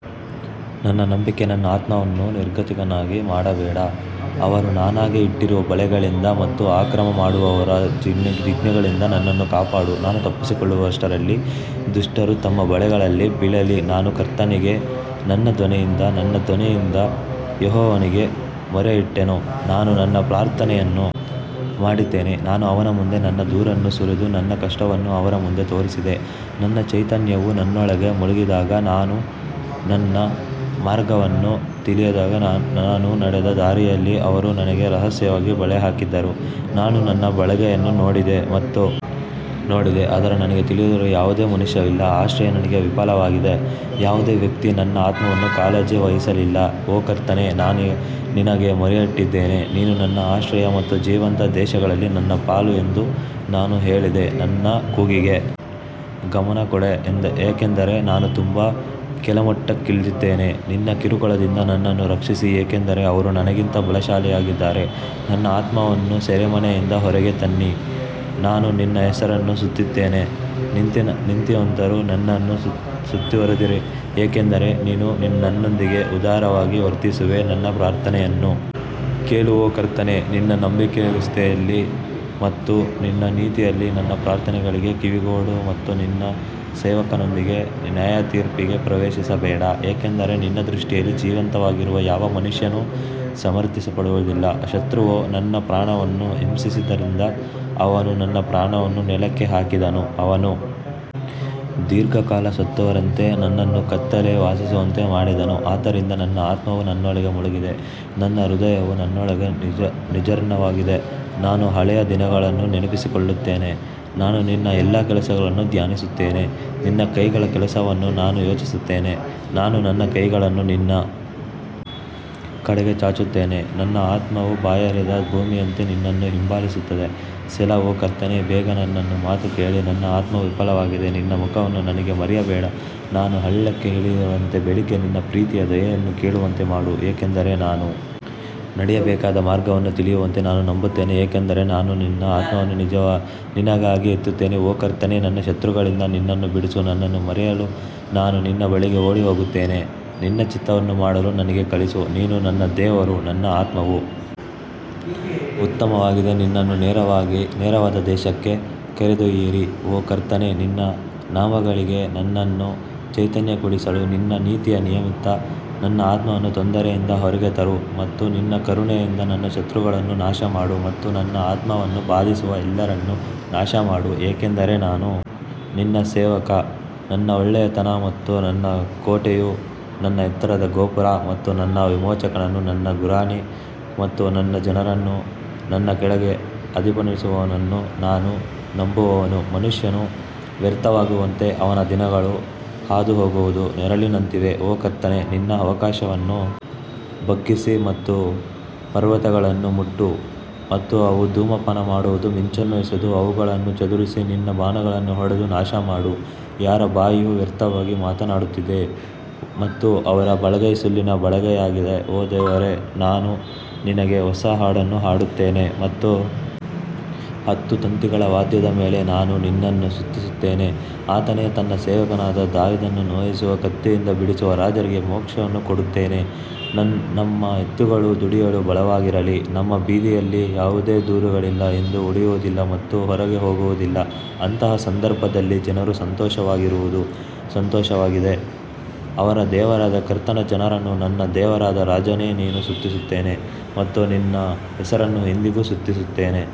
ನನ್ನ ನಂಬಿಕೆ ನನ್ನ ಆತ್ಮವನ್ನು ನಿರ್ಗತಿಕನನ್ನಾಗಿ ಮಾಡಬೇಡ ಅವರು ನನಗಾಗಿ ಇಟ್ಟಿರುವ ಬಲೆಗಳಿಂದ ಮತ್ತು ಅಕ್ರಮ ಮಾಡುವವರ ಜಿನ್ಗಳಿಂದ ನನ್ನನ್ನು ಕಾಪಾಡು ನಾನು ತಪ್ಪಿಸಿಕೊಳ್ಳುವಷ್ಟರಲ್ಲಿ ದುಷ್ಟರು ತಮ್ಮ ಬಲೆಗಳಲ್ಲಿ ಬೀಳಲಿ ನಾನು ಕರ್ತನಿಗೆ ನನ್ನ ಧ್ವನಿಯಿಂದ ನನ್ನ ಧ್ವನಿಯಿಂದ ಯೆಹೋವನಿಗೆ ಮೊರೆಯಿಟ್ಟೆನು ನಾನು ನನ್ನ ಪ್ರಾರ್ಥನೆಯನ್ನು ಮಾಡಿದ್ದೇನೆ ನಾನು ಅವನ ಮುಂದೆ ನನ್ನ ದೂರನ್ನು ಸುರಿದೆ, ನನ್ನ ಕಷ್ಟವನ್ನು ಅವನ ಮುಂದೆ ತೋರಿಸಿದೆ ನನ್ನ ಚೈತನ್ಯವು ನನ್ನೊಳಗೆ ಮುಳುಗಿದಾಗ ನೀನು ನನ್ನ ಮಾರ್ಗವನ್ನು ತಿಳಿದಿದ್ದೀಯಾ ನಾನು ನಡೆದ ದಾರಿಯಲ್ಲಿ ಅವರು ನನಗೆ ರಹಸ್ಯವಾಗಿ ಬಲೆ ಹಾಕಿದ್ದಾರೆ ನಾನು ನನ್ನ ಬಲಗೈಯನ್ನು ನೋಡಿದೆ ಮತ್ತು ನೋಡಿದೆ ಆದರೆ ನನಗೆ ತಿಳಿದಿರುವ ಯಾವುದೇ ಮನುಷ್ಯನಿಲ್ಲ ಆಶ್ರಯ ನನಗೆ ವಿಫಲವಾಗಿದೆ ಯಾವುದೇ ವ್ಯಕ್ತಿ ನನ್ನ ಆತ್ಮವನ್ನು ಕಾಳಜಿ ವಹಿಸಲಿಲ್ಲ ಓ ಕರ್ತನೇ ನಾನು ನಿನಗೆ ಮೊರೆಯಿಟ್ಟಿದ್ದೇನೆ, ನೀನು ನನ್ನ ಆಶ್ರಯ ಮತ್ತು ಜೀವಂತ ದೇಶದಲ್ಲಿ ನನ್ನ ಪಾಲು ಎಂದು ನಾನು ಹೇಳಿದೆ ನನ್ನ ಕೂಗಿಗೆ ಗಮನ ಕೊಡಿ, ಏಕೆಂದರೆ ನಾನು ತುಂಬಾ ಕೆಳಮಟ್ಟಕ್ಕಿಳಿದಿದ್ದೇನೆ, ನನ್ನ ಕಿರುಕುಳದಿಂದ ನನ್ನನ್ನು ರಕ್ಷಿಸಿ ಏಕೆಂದರೆ ಅವರು ನನಗಿಂತ ಬಲಶಾಲಿಯಾಗಿದ್ದಾರೆ ನನ್ನ ಆತ್ಮವನ್ನು ಸೆರೆಮನೆಯಿಂದ ಹೊರಗೆ ತನ್ನಿ, ನಾನು ನಿನ್ನ ಹೆಸರನ್ನು ಸ್ತುತಿಸುತ್ತೇನೆ, ನೀತಿವಂತರು ನನ್ನನ್ನು ಸುತ್ತುವರಿದಿರಿ ಏಕೆಂದರೆ ನೀನು ನನ್ನೊಂದಿಗೆ ಉದಾರವಾಗಿ ವರ್ತಿಸುವೆ ನನ್ನ ಪ್ರಾರ್ಥನೆಯನ್ನು ಕೇಳು ಓ ಕರ್ತನೇ ನಿನ್ನ ನಂಬಿಗಸ್ತಿಕೆಯಲ್ಲಿ ಮತ್ತು ನಿನ್ನ ನೀತಿಯಲ್ಲಿ ನನ್ನ ಪ್ರಾರ್ಥನೆಗಳಿಗೆ ಕಿವಿಗೊಡು ಮತ್ತು ನಿನ್ನ ಸೇವಕನೊಂದಿಗೆ ನ್ಯಾಯತೀರ್ಪಿಗೆ ಪ್ರವೇಶಿಸಬೇಡ ಏಕೆಂದರೆ ನಿನ್ನ ದೃಷ್ಟಿಯಲ್ಲಿ ಜೀವಂತವಾಗಿರುವ ಯಾವ ಮನುಷ್ಯನೂ ಸಮರ್ಥಿಸಲ್ಪಡುವುದಿಲ್ಲ ಶತ್ರುವು ನನ್ನ ಪ್ರಾಣವನ್ನು ಹಿಂಸಿಸಿದ್ದರಿಂದ ಅವನು ನನ್ನ ಪ್ರಾಣವನ್ನು ನೆಲಕ್ಕೆ ಹಾಕಿದನು, ಅವನು ದೀರ್ಘಕಾಲ ಸತ್ತವರಂತೆ ನನ್ನನ್ನು ಕತ್ತಲೆಯಲ್ಲಿ ವಾಸಿಸುವಂತೆ ಮಾಡಿದನು ಆದ್ದರಿಂದ ನನ್ನ ಆತ್ಮವು ನನ್ನೊಳಗೆ ಮುಳುಗಿದೆ, ನನ್ನ ಹೃದಯವು ನನ್ನೊಳಗೆ ನಿರ್ಜನವಾಗಿದೆ ನಾನು ಹಳೆಯ ದಿನಗಳನ್ನು ನೆನಪಿಸಿಕೊಳ್ಳುತ್ತೇನೆ, ನಾನು ನಿನ್ನ ಎಲ್ಲಾ ಕೆಲಸಗಳನ್ನು ಧ್ಯಾನಿಸುತ್ತೇನೆ, ನಿನ್ನ ಕೈಗಳ ಕೆಲಸವನ್ನು ನಾನು ಯೋಚಿಸುತ್ತೇನೆ ನಾನು ನನ್ನ ಕೈಗಳನ್ನು ನಿನ್ನ ಕಡೆಗೆ ಚಾಚುತ್ತೇನೆ ನನ್ನ ಆತ್ಮವು ಬಾಯಾರಿದ ಭೂಮಿಯಂತೆ ನಿನ್ನನ್ನು ಹಿಂಬಾಲಿಸುತ್ತದೆ ಸೆಲಾ ಓ ಕರ್ತನೇ ಬೇಗ ನನ್ನ ಮಾತು ಕೇಳು ನನ್ನ ಆತ್ಮವು ವಿಫಲವಾಗಿದೆ ನಿನ್ನ ಮುಖವನ್ನು ನನಗೆ ಮರೆಮಾಡಬೇಡ ನಾನು ಹಳ್ಳಕ್ಕೆ ಇಳಿಯುವವರಂತೆ ಬೆಳಿಗ್ಗೆ ನಿನ್ನ ಪ್ರೀತಿಯ ದಯೆಯನ್ನು ಕೇಳುವಂತೆ ಮಾಡು, ಏಕೆಂದರೆ ನಾನು ನಡೆಯಬೇಕಾದ ಮಾರ್ಗವನ್ನು ತಿಳಿಯುವಂತೆ ನಾನು ನಂಬುತ್ತೇನೆ, ಏಕೆಂದರೆ ನಾನು ನನ್ನ ಆತ್ಮವನ್ನು ನಿನಗಾಗಿ ಎತ್ತುತ್ತೇನೆ ಓ ಕರ್ತನೇ ನನ್ನ ಶತ್ರುಗಳಿಂದ ನನ್ನನ್ನು ಬಿಡಿಸು, ನನ್ನನ್ನು ಮರೆಮಾಡಲು ನಾನು ನಿನ್ನ ಬಳಿಗೆ ಓಡಿಹೋಗುತ್ತೇನೆ ನಿನ್ನ ಚಿತ್ತವನ್ನು ಮಾಡಲು ನನಗೆ ಕಲಿಸು, ನೀನು ನನ್ನ ದೇವರು, ನಿನ್ನ ಆತ್ಮವು ಉತ್ತಮವಾಗಿದೆ ನನ್ನನ್ನು ನೇರವಾದ ದೇಶಕ್ಕೆ ಕರೆದೊಯ್ಯಿರಿ ಓ ಕರ್ತನೇ ನಿನ್ನ ನಾಮಗಳಿಗಾಗಿ ನನ್ನನ್ನು ಚೈತನ್ಯಗೊಳಿಸು ನಿನ್ನ ನೀತಿಯ ನಿಮಿತ್ತ ನನ್ನ ಆತ್ಮವನ್ನು ತೊಂದರೆಯಿಂದ ಹೊರಗೆ ತರು ಮತ್ತು ನಿನ್ನ ಕರುಣೆಯಿಂದ ನನ್ನ ಶತ್ರುಗಳನ್ನು ನಾಶಮಾಡು ಮತ್ತು ನನ್ನ ಆತ್ಮವನ್ನು ಬಾಧಿಸುವ ಎಲ್ಲರನ್ನು ನಾಶಮಾಡು, ಏಕೆಂದರೆ ನಾನು ನಿನ್ನ ಸೇವಕ ನನ್ನ ಒಳ್ಳೆಯತನ ಮತ್ತು ನನ್ನ ಕೋಟೆಯು ನನ್ನ ಎತ್ತರದ ಗೋಪುರ ಮತ್ತು ನನ್ನ ವಿಮೋಚಕನು ನನ್ನ ಗುರಾಣಿ ಮತ್ತು ನನ್ನ ಜನರನ್ನು ನನ್ನ ಕೆಳಗೆ ಅಧೀನಪಡಿಸುವವನನ್ನು ನಾನು ನಂಬುವವನು ಮನುಷ್ಯನು ವ್ಯರ್ಥವಾಗುವಂತೆ ಅವನ ದಿನಗಳು ಹಾದುಹೋಗುವ ನೆರಳಿನಂತಿವೆ ಓ ಕರ್ತನೇ ನಿನ್ನ ಆಕಾಶವನ್ನು ಬಗ್ಗಿಸಿ ಮತ್ತು ಪರ್ವತಗಳನ್ನು ಮುಟ್ಟು ಮತ್ತು ಅವು ಧೂಮಪಾನ ಮಾಡುವವು ಮಿಂಚನ್ನು ಎಸೆದು ಅವುಗಳನ್ನು ಚದುರಿಸಿ ನಿನ್ನ ಬಾಣಗಳನ್ನು ಹೊಡೆದು ನಾಶಮಾಡು ಯಾರ ಬಾಯಿಯು ವ್ಯರ್ಥವಾಗಿ ಮಾತನಾಡುತ್ತದೆ ಮತ್ತು ಅವರ ಬಲಗೈ ಸುಳ್ಳಿನ ಬಲಗೈಯಾಗಿದೆ ಓ ದೇವರೇ, ನಾನು ನಿನಗೆ ಹೊಸ ಹಾಡನ್ನು ಹಾಡುತ್ತೇನೆ ಮತ್ತು ಹತ್ತು ತಂತಿಗಳ ವಾದ್ಯದ ಮೇಲೆ ನಾನು ನಿನ್ನನ್ನು ಸ್ತುತಿಸುತ್ತೇನೆ ಆತನೇ ತನ್ನ ಸೇವಕನಾದ ದಾವೀದನನ್ನು ನೋಯಿಸುವ ಕತ್ತಿಯಿಂದ ಬಿಡಿಸುವ ರಾಜರಿಗೆ ಮೋಕ್ಷವನ್ನು ಕೊಡುತ್ತಾನೆ ನಮ್ಮ ಎತ್ತುಗಳು ದುಡಿಯಲು ಬಲವಾಗಿರಲಿ, ನಮ್ಮ ಬೀದಿಗಳಲ್ಲಿ ಯಾವುದೇ ದೂರುಗಳಿಲ್ಲ ಎಂದು ಒಡೆಯುವುದಿಲ್ಲ ಮತ್ತು ಹೊರಗೆ ಹೋಗುವುದಿಲ್ಲ ಅಂತಹ ಸಂದರ್ಭದಲ್ಲಿ ಜನರು ಸಂತೋಷವಾಗಿರುವುದು ಸಂತೋಷವಾಗಿದೆ, ಅವರ ದೇವರಾದ ಕರ್ತನ ಜನರು ನನ್ನ ದೇವರಾದ ರಾಜನೇ ನಿನ್ನನ್ನು ಸ್ತುತಿಸುತ್ತೇನೆ ಮತ್ತು ನಿನ್ನ ಹೆಸರನ್ನು ಎಂದೆಂದಿಗೂ ಸ್ತುತಿಸುತ್ತೇನೆ.